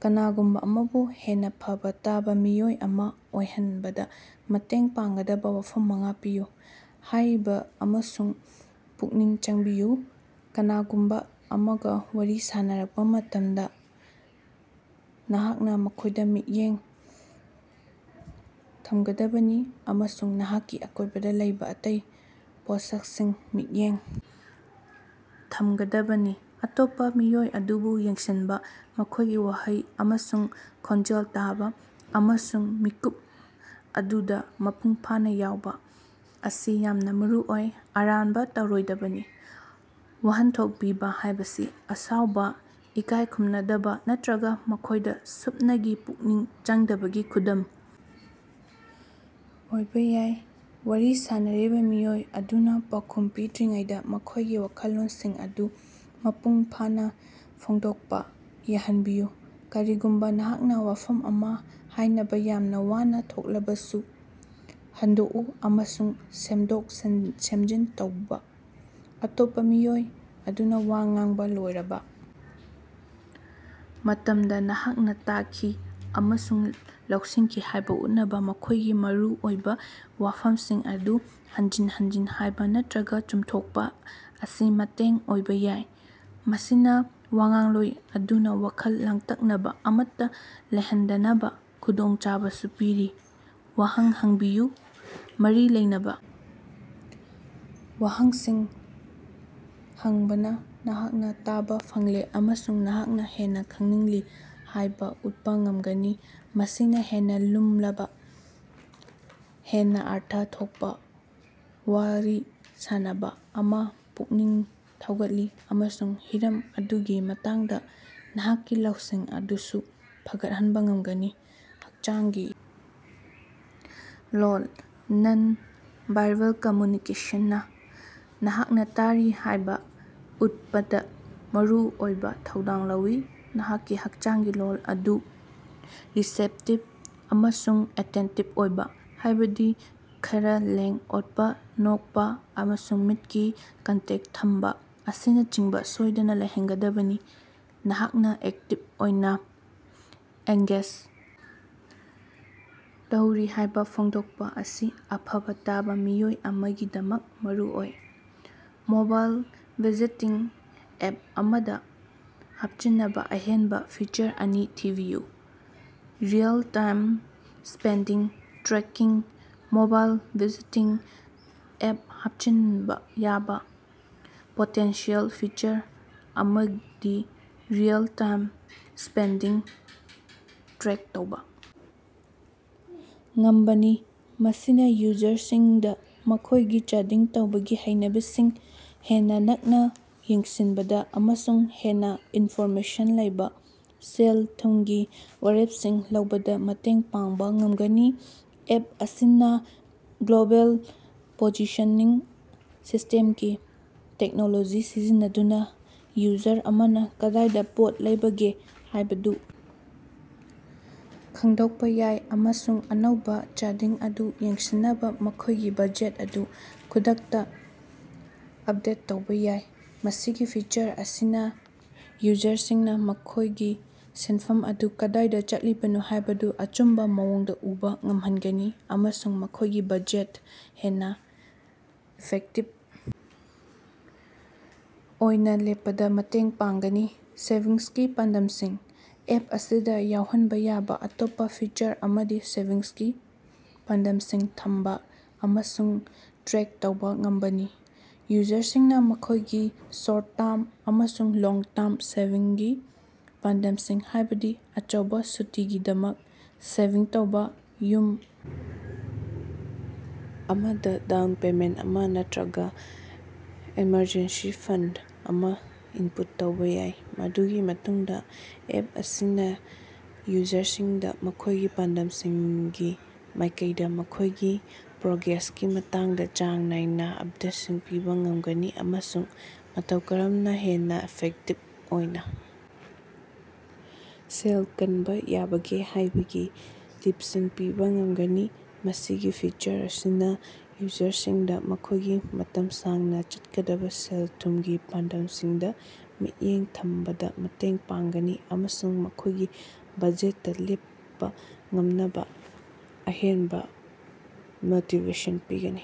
ꯀꯅꯥꯒꯨꯝꯕ ꯑꯃꯕꯨ ꯍꯦꯟꯅ ꯐꯕ ꯇꯥꯕ ꯃꯤꯑꯣꯏ ꯑꯃ ꯑꯣꯏꯍꯟꯕꯗ ꯃꯇꯦꯡ ꯄꯥꯡꯒꯗꯕ ꯋꯥꯐꯝ ꯃꯉꯥ ꯄꯤꯌꯨ꯫ ꯍꯥꯏꯔꯤꯕ ꯑꯃꯁꯨꯡ ꯄꯨꯛꯅꯤꯡ ꯆꯪꯕꯤꯌꯨ: ꯀꯅꯥꯒꯨꯝꯕ ꯑꯃꯒ ꯋꯥꯔꯤ ꯁꯥꯅꯔꯛꯄ ꯃꯇꯝꯗ, ꯅꯍꯥꯛꯅ ꯃꯈꯣꯏꯗ ꯃꯤꯠꯌꯦꯡ ꯊꯝꯒꯗꯕꯅꯤ ꯑꯃꯁꯨꯡ ꯅꯍꯥꯛꯀꯤ ꯑꯀꯣꯏꯕꯗ ꯂꯩꯕ ꯑꯇꯩ ꯄꯣꯠꯁꯛꯁꯤꯡ ꯃꯤꯠꯌꯦꯡ ꯊꯝꯒꯗꯕꯅꯤ꯫ ꯑꯇꯣꯞꯄ ꯃꯤꯑꯣꯏ ꯑꯗꯨꯕꯨ ꯌꯦꯡꯁꯤꯟꯕ, ꯃꯈꯣꯏꯒꯤ ꯋꯥꯍꯩ ꯑꯃꯁꯨꯡ ꯈꯣꯟꯖꯦꯜ ꯇꯥꯕ, ꯑꯃꯁꯨꯡ ꯃꯤꯀꯨꯞ ꯑꯗꯨꯗ ꯃꯄꯨꯡ ꯐꯥꯅ ꯌꯥꯎꯕ ꯑꯁꯤ ꯌꯥꯝꯅ ꯃꯔꯨꯑꯣꯏ꯫ ꯑꯔꯥꯟꯕ ꯇꯧꯔꯣꯏꯗꯕꯅꯤ: ꯋꯥꯍꯟꯊꯣꯛ ꯄꯤꯕ ꯍꯥꯏꯕꯁꯤ ꯑꯁꯥꯎꯕ, ꯏꯀꯥꯏ ꯈꯨꯝꯅꯗꯕ ꯅꯠꯇꯔꯒ ꯃꯈꯣꯏꯗ ꯁꯨꯞꯅꯒꯤ ꯄꯨꯛꯅꯤꯡ ꯆꯪꯗꯕꯒꯤ ꯈꯨꯗꯝ ꯑꯣꯏꯕ ꯌꯥꯏ꯫ ꯋꯥꯔꯤ ꯁꯥꯟꯅꯔꯤꯕ ꯃꯤꯑꯣꯏ ꯑꯗꯨꯅ ꯄꯥꯎꯈꯨꯝ ꯄꯤꯗ꯭ꯔꯤꯉꯩꯗ ꯃꯈꯣꯏꯒꯤ ꯋꯥꯈꯜꯂꯣꯟꯁꯤꯡ ꯑꯗꯨ ꯃꯄꯨꯡ ꯐꯥꯅ ꯐꯣꯡꯗꯣꯛꯄ ꯌꯥꯍꯟꯕꯤꯌꯨ, ꯀꯔꯤꯒꯨꯝꯕ ꯅꯍꯥꯛꯅ ꯋꯥꯐꯝ ꯑꯃ ꯍꯥꯏꯅꯕ ꯌꯥꯝꯅ ꯋꯥꯅ ꯊꯣꯛꯂꯕꯁꯨ꯫ ꯍꯟꯗꯣꯛꯎ ꯑꯃꯁꯨꯡ ꯁꯦꯝꯗꯣꯛ-ꯁꯦꯝꯖꯤꯟ ꯇꯧꯕꯥ: ꯑꯇꯣꯞꯄ ꯃꯤꯑꯣꯏ ꯑꯗꯨꯅ ꯋꯥ ꯉꯥꯡꯕ ꯂꯣꯏꯔꯕ ꯃꯇꯝꯗ, ꯅꯍꯥꯛꯅ ꯇꯥꯈꯤ ꯑꯃꯁꯨꯡ ꯂꯧꯁꯤꯟꯈꯤ ꯍꯥꯏꯕ ꯎꯠꯅꯕ ꯃꯈꯣꯏꯒꯤ ꯃꯔꯨꯑꯣꯏꯕ ꯋꯥꯐꯝꯁꯤꯡ ꯑꯗꯨ ꯍꯟꯖꯤꯟ ꯍꯟꯖꯤꯟ ꯍꯥꯏꯕ ꯅꯠꯇꯔꯒ ꯆꯨꯝꯊꯣꯛꯄ ꯑꯁꯤ ꯃꯇꯦꯡ ꯑꯣꯏꯕ ꯌꯥꯏ꯫ ꯃꯁꯤꯅ ꯋꯥꯉꯥꯡꯂꯣꯏ ꯑꯗꯨꯅ ꯋꯥꯈꯜ ꯂꯥꯡꯇꯛꯅꯕ ꯑꯃꯠꯇ ꯂꯩꯍꯟꯗꯅꯕ ꯈꯨꯗꯣꯡꯆꯥꯕꯁꯨ ꯄꯤꯔꯤ꯫ ꯋꯥꯍꯪ ꯍꯪꯕꯤꯌꯨ: ꯃꯔꯤ ꯂꯩꯅꯕ ꯋꯥꯍꯪꯁꯤꯡ ꯍꯪꯕꯅ ꯅꯍꯥꯛꯅ ꯇꯥꯕ ꯐꯪꯂꯦ ꯑꯃꯁꯨꯡ ꯅꯍꯥꯛꯅ ꯍꯦꯟꯅꯥ ꯈꯪꯅꯤꯡꯂꯤ ꯍꯥꯏꯕ ꯎꯠꯄ ꯉꯝꯒꯅꯤ꯫ ꯃꯁꯤꯅ ꯍꯦꯟꯅ ꯂꯨꯝꯂꯕ, ꯍꯦꯟꯅ ꯑꯔꯊ ꯊꯣꯛꯄ ꯋꯥꯔꯤ ꯁꯥꯅꯕ ꯑꯃꯥ ꯄꯨꯛꯅꯤꯡ ꯊꯧꯒꯠꯂꯤ ꯑꯃꯁꯨꯡ ꯍꯤꯔꯝ ꯑꯗꯨꯒꯤ ꯃꯇꯥꯡꯗ ꯅꯍꯥꯛꯀꯤ ꯂꯧꯁꯤꯡ ꯑꯗꯨꯁꯨ ꯐꯒꯠꯍꯟꯕ ꯉꯝꯒꯅꯤ꯫ ꯍꯛꯆꯥꯡꯒꯤ ꯂꯣꯜ: ꯅꯟ-ꯚꯥꯔꯕꯦꯜ ꯀꯝꯃ꯭ꯌꯨꯅꯤꯀꯦꯁꯟꯅ ꯅꯍꯥꯛꯅ ꯇꯥꯔꯤ ꯍꯥꯏꯕ ꯎꯠꯄꯗ ꯃꯔꯨꯑꯣꯏꯕ ꯊꯧꯗꯥꯡ ꯂꯧꯏ꯫ ꯅꯍꯥꯛꯀꯤ ꯍꯛꯆꯥꯡꯒꯤ ꯂꯣꯜ ꯑꯗꯨ ꯔꯤꯁꯦꯞꯇꯤꯚ ꯑꯃꯁꯨꯡ ꯑꯦꯇꯦꯟꯇꯤꯚ ꯑꯣꯏꯕ, ꯍꯥꯏꯕꯗꯤ ꯈꯔ ꯂꯦꯡ-ꯑꯣꯠꯄ, ꯅꯣꯛꯄ, ꯑꯃꯁꯨꯡ ꯃꯤꯠꯀꯤ ꯀꯟꯇꯦꯛ ꯊꯝꯕ ꯑꯁꯤꯅꯆꯤꯡꯕ ꯁꯣꯏꯗꯅ ꯂꯩꯍꯟꯒꯗꯕꯅꯤ꯫ ꯅꯍꯥꯛꯅ ꯑꯦꯛꯇꯤꯚ ꯑꯣꯏꯅ ꯑꯦꯡꯒꯦꯖ ꯇꯧꯔꯤ ꯍꯥꯏꯕ ꯐꯣꯡꯗꯣꯛꯄ ꯑꯁꯤ ꯑꯐꯕ ꯇꯥꯕ ꯃꯤꯑꯣꯏ ꯑꯃꯒꯤꯗꯃꯛ ꯃꯔꯨꯑꯣꯏ꯫ ꯃꯣꯕꯥꯏꯜ ꯕꯖꯦꯇꯤꯡ ꯑꯦꯞ ꯑꯃꯗ ꯍꯥꯞꯆꯤꯟꯅꯕ ꯑꯍꯦꯟꯕ ꯐꯤꯆꯔ ꯑꯅꯤ ꯊꯤꯕꯤꯌꯨ꯫ Real time spending tracking: mobile budgeting ꯑꯦꯞꯇ ꯍꯥꯞꯆꯤꯟꯕ ꯌꯥꯕ ꯄꯣꯇꯦꯟꯁꯤꯌꯦꯜ ꯐꯤꯆꯔ ꯑꯃꯗꯤ ꯔꯤꯑꯦꯜ-ꯇꯥꯏꯝ ꯁ꯭ꯄꯦꯟꯗꯤꯡ ꯇ꯭ꯔꯦꯛ ꯇꯧꯕ ꯉꯝꯕꯅꯤ꯫ ꯃꯁꯤꯅ ꯌꯨꯖꯔꯁꯤꯡꯗ ꯃꯈꯣꯏꯒꯤ ꯆꯥꯗꯤꯡ ꯇꯧꯕꯒꯤ ꯍꯩꯅꯕꯤꯁꯤꯡ ꯍꯦꯟꯅ ꯅꯛꯅ ꯌꯦꯡꯁꯤꯟꯕꯗ ꯑꯃꯁꯨꯡ ꯍꯦꯟꯅ ꯏꯟꯐꯣꯔꯃꯦꯁꯟ ꯂꯩꯕ ꯁꯦꯜ-ꯊꯨꯝꯒꯤ ꯋꯥꯔꯦꯞꯁꯤꯡ ꯂꯧꯕꯗ ꯃꯇꯦꯡ ꯄꯥꯡꯕ ꯉꯝꯒꯅꯤ꯫ ꯑꯦꯞ ꯑꯁꯤꯅ ꯒ꯭ꯂ‌ꯣꯕ‌ꯦꯜ ꯄ‌ꯣꯖꯤꯁꯟꯅꯤꯡ ꯁꯤꯁꯇ‌ꯦꯝꯀꯤ ꯇꯦꯛꯅꯣꯂꯣꯖꯤ ꯁꯤꯖꯤꯟꯅꯗꯨꯅ ꯌꯨꯖꯔ ꯑꯃꯅ ꯀꯗꯥꯏꯗ ꯄꯣꯠ ꯂꯩꯕꯒꯦ ꯍꯥꯏꯕꯗꯨ ꯈꯪꯗꯣꯛꯄ ꯌꯥꯏ ꯑꯃꯁꯨꯡ ꯑꯅꯧꯕ ꯆꯥꯗꯤꯡ ꯑꯗꯨ ꯌꯦꯡꯁꯤꯟꯅꯕ ꯃꯈꯣꯏꯒꯤ ꯕꯖꯦꯠ ꯑꯗꯨ ꯈꯨꯗꯛꯇ ꯑꯞꯗꯦꯠ ꯇꯧꯕ ꯌꯥꯏ꯫ ꯃꯁꯤꯒꯤ ꯐꯤꯆꯔ ꯑꯁꯤꯅ ꯌꯨꯖꯔꯁꯤꯡꯅ ꯃꯈꯣꯏꯒꯤ ꯁꯦꯟꯐꯝ ꯑꯗꯨ ꯀꯗꯥꯏꯗ ꯆꯠꯂꯤꯕꯅꯣ ꯍꯥꯏꯕꯗꯨ ꯑꯆꯨꯝꯕ ꯃꯑꯣꯡꯗ ꯎꯕ ꯉꯝꯍꯟꯒꯅꯤ ꯑꯃꯁꯨꯡ ꯃꯈꯣꯏꯒꯤ ꯕꯖꯦꯠꯇ ꯍꯦꯟꯅ ꯏꯐꯦꯛꯇꯤꯚ ꯑꯣꯏꯅ ꯂꯦꯞꯄꯗ ꯃꯇꯦꯡ ꯄꯥꯡꯒꯅꯤ꯫ ꯁꯦꯚꯤꯡꯁꯀꯤ ꯄꯥꯟꯗꯝꯁꯤꯡ: ꯑꯦꯞ ꯑꯁꯤꯗ ꯌꯥꯎꯍꯟꯕ ꯌꯥꯕ ꯑꯇꯣꯞꯄ ꯐꯤꯆꯔ ꯑꯃꯗꯤ ꯁꯦꯚꯤꯡꯁꯀꯤ ꯄꯥꯟꯗꯝꯁꯤꯡ ꯊꯝꯕ ꯑꯃꯁꯨꯡ ꯇ꯭ꯔꯦꯛ ꯇꯧꯕ ꯉꯝꯕꯅꯤ꯫ ꯌꯨꯖꯔꯁꯤꯡꯅ ꯃꯈꯣꯏꯒꯤ ꯁꯣꯔꯠ-ꯇꯔꯝ ꯑꯃꯁꯨꯡ ꯂꯣꯡ-ꯇꯔꯝ ꯁꯦꯚꯤꯡꯒꯤ ꯄꯥꯟꯗꯝꯁꯤꯡ, ꯍꯥꯏꯕꯗꯤ ꯑꯆꯧꯕ ꯁꯨꯇꯤꯒꯤꯗꯃꯛ ꯁꯦꯚꯤꯡ ꯇꯧꯕ, ꯌꯨꯝ ꯑꯃꯗ ꯗꯥꯎꯟ ꯄꯦꯃꯦꯟꯠ ꯑꯃꯥ ꯅꯠꯇꯔꯒ ꯑꯦꯃꯔꯖꯦꯟꯁꯤ ꯐꯟꯗ ꯑꯃ ꯏꯟꯄꯨꯠ ꯇꯧꯕ ꯌꯥꯏ꯫ ꯃꯗꯨꯒꯤ ꯃꯇꯨꯡꯗ ꯑꯦꯞ ꯑꯁꯤꯅ ꯌꯨꯖꯔꯁꯤꯡꯗ ꯃꯈꯣꯏꯒꯤ ꯄꯥꯟꯗꯝꯁꯤꯡꯒꯤ ꯃꯥꯏꯀꯩꯗ ꯃꯈꯣꯏꯒꯤ ꯄ꯭ꯔꯣꯒ꯭ꯔꯦꯁꯀꯤ ꯃꯇꯥꯡꯗ ꯆꯥꯡ ꯅꯥꯏꯅ ꯑꯞꯗꯦꯠꯁꯤꯡ ꯄꯤꯕ ꯉꯝꯒꯅꯤ ꯑꯃꯁꯨꯡ ꯃꯇꯧ ꯀꯔꯝꯅ ꯍꯦꯟꯅ ꯏꯐꯦꯛꯇꯤꯚ ꯑꯣꯏꯅ ꯁꯦꯜ ꯀꯟꯕ ꯌꯥꯕꯒꯦ ꯍꯥꯏꯕꯒꯤ ꯇꯤꯞꯁꯁꯤꯡ ꯄꯤꯕ ꯉꯝꯒꯅꯤ꯫ ꯃꯁꯤꯒꯤ ꯐꯤꯆꯔ ꯑꯁꯤꯅ ꯌꯨꯖꯔꯁꯤꯡꯗ ꯃꯈꯣꯏꯒꯤ ꯃꯇꯝ ꯁꯥꯡꯅ ꯆꯠꯀꯗꯕ ꯁꯦꯜ-ꯊꯨꯝꯒꯤ ꯄꯥꯟꯗꯝꯁꯤꯡꯗ ꯃꯤꯠꯌꯦꯡ ꯊꯝꯕꯗ ꯃꯇꯦꯡ ꯄꯥꯡꯒꯅꯤ ꯑꯃꯁꯨꯡ ꯃꯈꯣꯏꯒꯤ ꯕꯖꯦꯠꯇ ꯂꯦꯞꯄ ꯉꯝꯅꯕ ꯑꯍꯦꯟꯕ ꯃꯣꯇꯤꯕꯦꯁꯟ ꯄꯤꯒꯅꯤ꯫